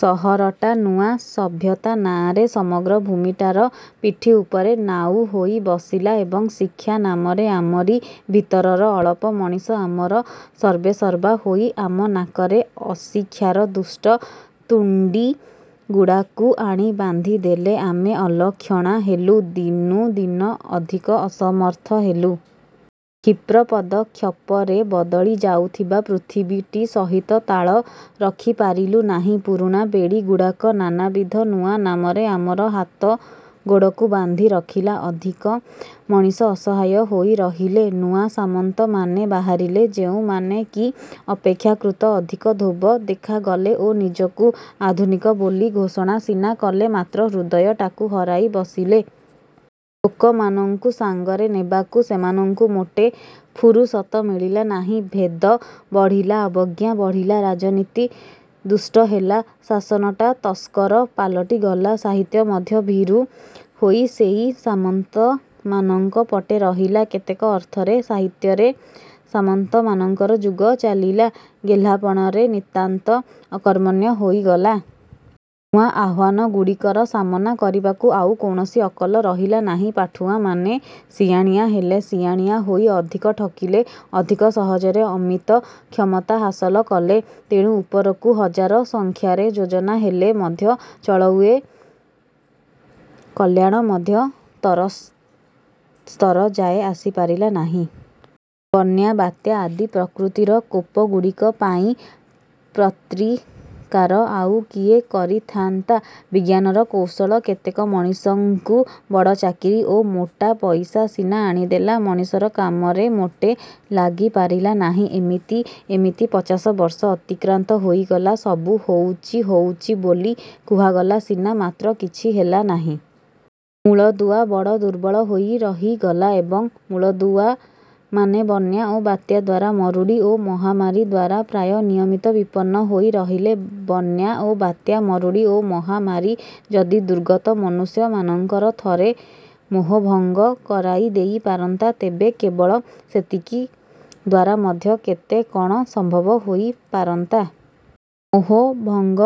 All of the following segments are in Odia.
ସହରଟା ନୂଆ ସଭ୍ୟତା ନାଆଁରେ ସମଗ୍ର ଭୂମିଟାର ପିଠି ଉପରେ ନାଉ ହୋଇ ବସିଲା ଏବଂ ଶିକ୍ଷା ନାମରେ ଆମରି ଭିତରର ଅଳପ ମଣିଷ ଆମର ସର୍ବେସର୍ବା ହୋଇ ଆମ ନାକରେ ଅଶିକ୍ଷାର ଦୁଷ୍ଟ ତୁଣ୍ଡିଗୁଡ଼ାକୁ ଆଣି ବାନ୍ଧିଦେଲେ। ଆମେ ଅଲକ୍ଷଣା ହେଲୁ, ଦିନୁଦିନ ଅଧିକ ଅସମର୍ଥ ହେଲୁ। କ୍ଷିପ୍ର ପଦକ୍ଷେପରେ ବଦଳି ଯାଉଥିବା ପୃଥିବୀଟି ସହିତ ତାଳ ରଖିପାରିଲୁ ନାହିଁ। ପୁରୁଣା ବେଡ଼ିଗୁଡ଼ାକ ନାନାବିଧ ନୂଆ ନାମରେ ଆମର ହାତଗୋଡ଼କୁ ବାନ୍ଧି ରଖିଲା। ଅଧିକ ମଣିଷ ଅସହାୟ ହୋଇରହିଲେ। ନୂଆ ସାମନ୍ତମାନେ ବାହାରିଲେ, ଯେଉଁମାନେ କି ଅପେକ୍ଷାକୃତ ଅଧିକ ଧୋବ ଦେଖାଗଲେ ଓ ନିଜକୁ ଆଧୁନିକ ବୋଲି ଘୋଷଣା ସିନା କଲେ, ମାତ୍ର ହୃଦୟଟାକୁ ହରାଇ ବସିଲେ। ଲୋକମାନଙ୍କୁ ସାଙ୍ଗରେ ନେବାକୁ ସେମାନଙ୍କୁ ମୋଟେ ଫୁରୁସତ ମିଳିଲା ନାହିଁ। ଭେଦ ବଢ଼ିଲା, ଅବଜ୍ଞା ବଢ଼ିଲା, ରାଜନୀତି ଦୁଷ୍ଟ ହେଲା, ଶାସନଟା ତସ୍କର ପାଲଟିଗଲା। ସାହିତ୍ୟ ମଧ୍ୟ ଭୀରୁ ହୋଇ ସେଇ ସାମନ୍ତମାନଙ୍କ ପଟେ ରହିଲା। କେତେକ ଅର୍ଥରେ ସାହିତ୍ୟରେ ସାମନ୍ତମାନଙ୍କର ଯୁଗ ଚାଲିଲା, ଗେହ୍ଲାପଣରେ ନିତାନ୍ତ ଅକର୍ମଣ୍ୟ ହୋଇଗଲା। ନୂଆ ଆହ୍ୱାନଗୁଡ଼ିକର ସାମନା କରିବାକୁ ଆଉ କୌଣସି ଅକଲ ରହିଲା ନାହିଁ। ପାଠୁଆମାନେ ସିଆଣିଆ ହେଲେ, ସିଆଣିଆ ହୋଇ ଅଧିକ ଠକିଲେ, ଅଧିକ ସହଜରେ ଅମିତ କ୍ଷମତା ହାସଲ କଲେ। ତେଣୁ, ଉପରକୁ ହଜାର ସଂଖ୍ୟାରେ ଯୋଜନା ହେଲେ ମଧ୍ୟ ଚଳୁଏ କଲ୍ୟାଣ ମଧ୍ୟ ତଳସ୍ତର ଯାଏ ଆସିପାରିଲା ନାହିଁ। ବନ୍ୟା, ବାତ୍ୟା ଆଦି ପ୍ରକୃତିର କୋପଗୁଡ଼ିକ ପାଇଁ ପ୍ରତିକାର ଆଉ କିଏ କରିଥାନ୍ତା? ବିଜ୍ଞାନର କୌଶଳ କେତେକ ମଣିଷଙ୍କୁ ବଡ଼ ଚାକିରି ଓ ମୋଟା ପଇସା ସିନା ଆଣିଦେଲା, ମଣିଷର କାମରେ ମୋଟେ ଲାଗିପାରିଲା ନାହିଁ। ଏମିତି ଏମିତି ପଚାଶ ବର୍ଷ ଅତିକ୍ରାନ୍ତ ହୋଇଗଲା। ସବୁ ହଉଚି ହଉଚି ବୋଲି କୁହାଗଲା ସିନା, ମାତ୍ର କିଛି ହେଲାନାହିଁ। ମୂଳଦୁଆ ବଡ଼ ଦୁର୍ବଳ ହୋଇ ରହିଗଲା। ଏବଂ, ମୂଳଦୁଆମାନେ ବନ୍ୟା ଓ ବାତ୍ୟା ଦ୍ୱାରା, ମରୁଡ଼ି ଓ ମହାମାରୀ ଦ୍ୱାରା ପ୍ରାୟ ନିୟମିତ ବିପନ୍ନ ହୋଇ ରହିଲେ। ବନ୍ୟା ଓ ବାତ୍ୟା, ମରୁଡ଼ି ଓ ମହାମାରୀ ଯଦି ଦୁର୍ଗତ ମନୁଷ୍ୟମାନଙ୍କର ଥରେ ମୋହଭଙ୍ଗ କରାଇ ଦେଇପାରନ୍ତା, ତେବେ କେବଳ ସେତିକି ଦ୍ଵାରା ମଧ୍ୟ କେତେ କ'ଣ ସମ୍ଭବ ହୋଇପାରନ୍ତା। ମୋହଭଙ୍ଗ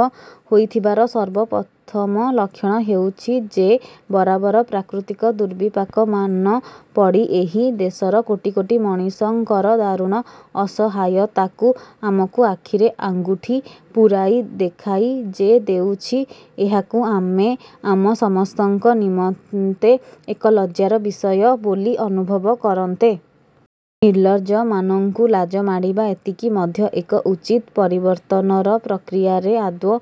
ହୋଇଥିବାର ସର୍ବପ୍ରଥମ ଲକ୍ଷଣ ହେଉଛି ଯେ ବରାବର ପ୍ରାକୃତିକ ଦୁର୍ବିପାକମାନ ପଡ଼ି ଏହି ଦେଶର କୋଟି କୋଟି ମଣିଷଙ୍କର ଦାରୁଣ ଅସହାୟତାକୁ ଆମକୁ ଆଖିରେ ଆଙ୍ଗୁଠି ପୂରାଇ ଦେଖାଇ ଯେ ଦେଉଛି, ଏହାକୁ ଆମେ ଆମ ସମସ୍ତଙ୍କ ନିମନ୍ତେ ଏକ ଲଜ୍ଜାର ବିଷୟ ବୋଲି ଅନୁଭବ କରନ୍ତେ। ନିର୍ଲଜ୍ଜମାନଙ୍କୁ ଲାଜ ମାଡ଼ିବା, ଏତିକି ମଧ୍ୟ ଏକ ଉଚିତ ପରିବର୍ତ୍ତନର ପ୍ରକ୍ରିୟାରେ ଆଦୌ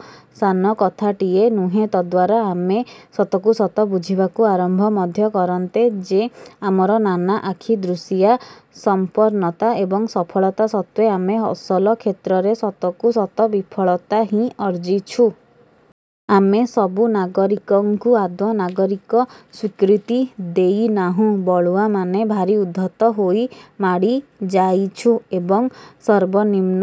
ସାନକଥାଟିଏ ନୁହେଁ। ତଦ୍ଦ୍ୱାରା ଆମେ ସତକୁ ସତ ବୁଝିବାକୁ ଆରମ୍ଭ ମଧ୍ୟ କରନ୍ତେ ଯେ ଆମର ନାନା ଆଖିଦୃଶିଆ ସମ୍ପନ୍ନତା ଏବଂ ସଫଳତା ସତ୍ତ୍ୱେ ଆମେ ଅସଲ କ୍ଷେତ୍ରରେ ସତକୁ ସତ ବିଫଳତା ହିଁ ଅର୍ଜିଛୁ। ଆମେ ସବୁ ନାଗରିକଙ୍କୁ ଆଦୌ ନାଗରିକ ସ୍ୱୀକୃତି ଦେଇନାହୁଁ। ବଳୁଆମାନେ ଭାରି ଉଦ୍ଧତ ହୋଇ ମାଡ଼ିଯାଇଛୁ ଏବଂ ସର୍ବନିମ୍ନ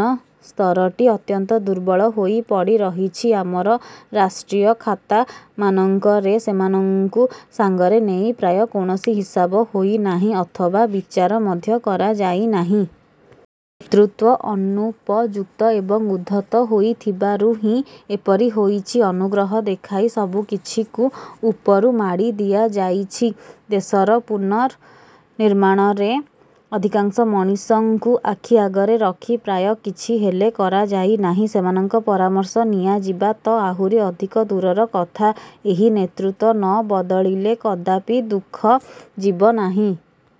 ସ୍ତରଟି ଅତ୍ୟନ୍ତ ଦୁର୍ବଳ ହୋଇ ପଡ଼ିରହିଛି। ଆମର ରାଷ୍ଟ୍ରୀୟ ଖାତାମାନଙ୍କରେ ସେମାନଙ୍କୁ ସାଙ୍ଗରେ ନେଇ ପ୍ରାୟ କୌଣସି ହିସାବ ହୋଇନାହିଁ ଅଥବା ବିଚାର ମଧ୍ୟ କରାଯାଇନାହିଁ। ତୃତ୍ୱ ଅନୁପଯୁକ୍ତ ଏବଂ ଉଦ୍ଧତ ହୋଇଥିବାରୁ ହିଁ ଏପରି ହୋଇଛି। ଅନୁଗ୍ରହ ଦେଖାଇ ସବୁ କିଛିକୁ ଉପରୁ ମାଡ଼ିଦିଆଯାଇଛି। ଦେଶର ପୁନନିର୍ମାଣରେ ଅଧିକାଂଶ ମଣିଷଙ୍କୁ ଆଖି ଆଗରେ ରଖି ପ୍ରାୟ କିଛି ହେଲେ କରାଯାଇନାହିଁ। ସେମାନଙ୍କ ପରାମର୍ଶ ନିଆଯିବା ତ ଆହୁରି ଅଧିକ ଦୂରର କଥା। ଏହି ନେତୃତ୍ୱ ନବଦଳିଲେ କଦାପି ଦୁଃଖ ଯିବନାହିଁ।